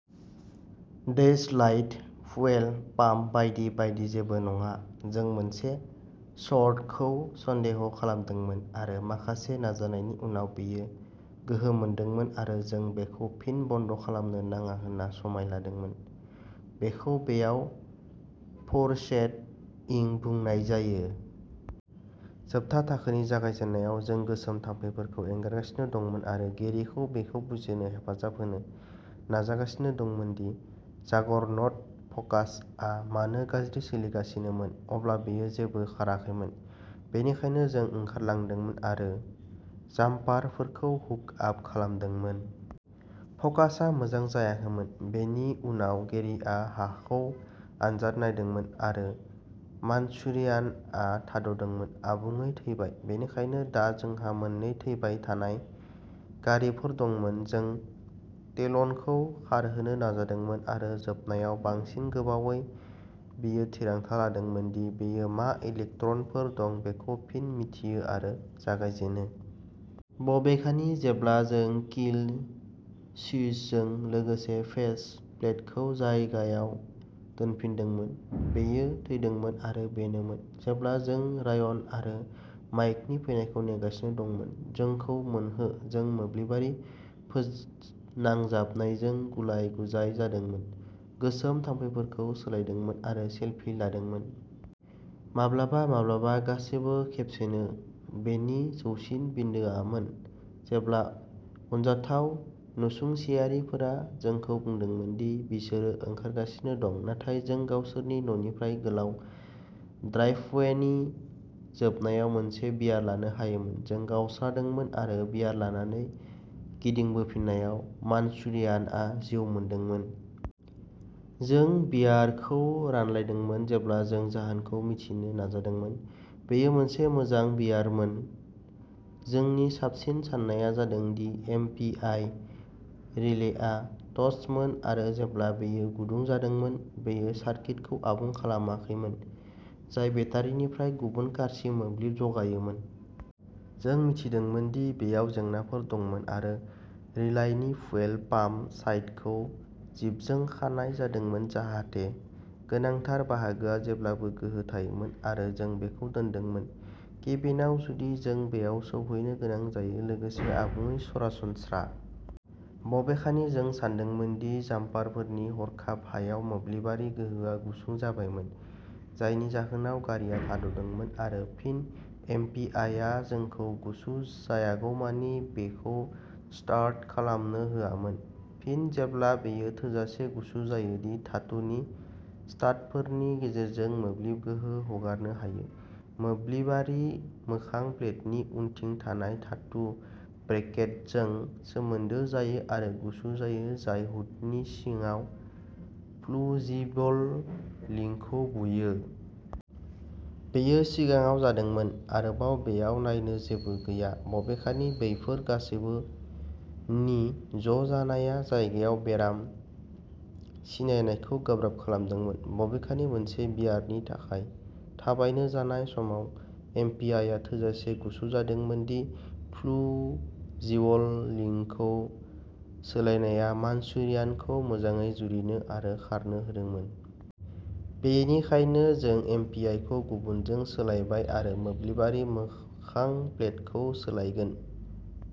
Dash light, fuel pump बायदि बायदि जेबो नङा। जों मोनसे शर्टखौ सन्देह खालामदोंमोन आरो माखासे नाजानायनि उनाव बेयो गोहो मोनदोंमोन आरो जों बेखौ फिन बन्द खालामनो नाङा होनना समाय लादोंमोन। बेखौ बेयाव फोरशेड'इं बुंनाय जायो। जोबथा थाखोनि जागायजेन्नायाव जों गोसोम थाम्फैफोरखौ एंगारगासिनो दंमोन आरो गेरिखौ बेखौ बुजिनो हेफाजाब होनो नाजागासिनो दंमोन दि जागरनट फ'कासआ मानो गाज्रि सोलिगासिनोमोन। अब्ला बेयो जेबो खाराखैमोन, बेनिखायनो जों ओंखारलांदोंमोन आरो जाम्पारफोरखौ हुक आप खालामदोंमोन। फ'कासआ मोजां जायाखैमोन। बेनि उनाव गेरिआ हाखौ आनजाद नायदोंमोन आरो मानचुरियानआ थाद'दोंमोन। आबुङै थैबाय। बेनिखायनो दा जोंहा मोननै थैबाय थानाय गारिफोर दंमोन। जों टेलनखौ खारहोनो नाजादोंमोन आरो जोबनायाव, बांसिन गोबावै, बियो थिरांथा लादोंमोन दि बेयो मा इलेक्ट्रनफोर दं बेखौ फिन मिथियो आरो जागायजेनो। बबेखानि, जेब्ला जों किल स्विचजों लोगोसे फेस प्लेटखौ जायगायाव दोनफिनदोंमोन, बेयो थैदोंमोन आरो बेनोमोन। जेब्ला जों रायन आरो माइकनि फैनायखौ नेगासिनो दंमोन। जोंखौ मोनहो, जों मोब्लिबारि फोनांजाबनायजों गुलाय-गुजाय जादोंमोन, गोसोम थाम्फैफोरखौ सोलायदोंमोन आरो सेलफि लादोंमोन। माब्लाबा माब्लाबा गासैबो खेबसेनो। बेनि जौसिन बिन्दोआमोन जेब्ला अनजाथाव नसुंसेयारिफोरा जोंखौ बुंदोंमोन दि बिसोरो ओंखारगासिनो दं, नाथाय जों गावसोरनि न'निफ्राय गोलाव ड्राइभवेनि जोबनायाव मोनसे बियार लानो हायोमोन। जों गावस्रादोंमोन आरो बियार लानानै गिदिंबोफिननायाव मानचुरियानआ जिउ मोनदोंमोन। जों बियारखौ रानलायदोंमोन जेब्ला जों जाहोनखौ मिथिनो नाजादोंमोन। बेयो मोनसे मोजां बियारमोन। जोंनि साबसिन सान्नाया जादों दि एमपिआइ रिलेआ टस्टमोन आरो जेब्ला बेयो गुदुं जादोंमोन, बेयो सार्किटखौ आबुं खालामाखैमोन जाय बेटारिनिफ्राय गुबुन कारसिम मोब्लिब जगायोमोन। जों मिथिदोंमोन दि बेयाव जेंनाफोर दंमोन आरो रिलाइनि फुयेल पाम्प साइडखौ जिपजों खानाय जादोंमोन जाहाथे गोनांथार बाहागोआ जेब्लाबो गोहो थायोमोन आरो जों बेखौ दोनदोंमोन। केबिनआव जुदि जों बेयाव सौहैनो गोनां जायो। लोगोसे आबुङै सरासनस्रा। बबेखानि जों सानदोंमोन दि जाम्पारफोरनि हरखाब हायाव मोब्लिबारि गोहोआ गुसुं जाबायमोन जायनि जाहोनाव गारिआ थाद'दोंमोन आरो फिन एमपिआइआ जोंखौ गुसु जायागौमानि बेखौ स्टार्ट खालामनो होआमोन। फिन जेब्ला बेयो थोजासे गुसु जायो दि धातुनि स्टाडफोरनि गेजेरजों मोब्लिब गोहो हगारनो हायो, मोब्लिबारि मोखां प्लेटनि उनथिं थानाय धातु ब्रेकेटजों सोमोन्दो जायो आरो गुसुं जायो, जाय हुडनि सिङाव फ्युजिबल लिंकखौ बुयो। बेबो सिगाङाव जादोंमोन। आरोबाव, बेयाव नायनो जेबो गैया। बबेखानि, बैफोर गासैबोनि ज' जानाया जायगायाव बेराम सिनायनायखौ गोब्राब खालामदोंमोन। बबेखानि, मोनसे बियारनि थाखाय थाबायनो लानाय समाव एमपिआइआ थोजासे गुसु जादोंमोन दि फ्युजिबल लिंकखौ सोलायनाया मानचुरियानखौ मोजाङै जुरिनो आरो खारनो होदोंमोन। बेनिखायनो, जों एमपिआइखौ गुबुनजों सोलायबाय आरो मोब्लिबारि मोखां प्लेटखौ सोलायगोन।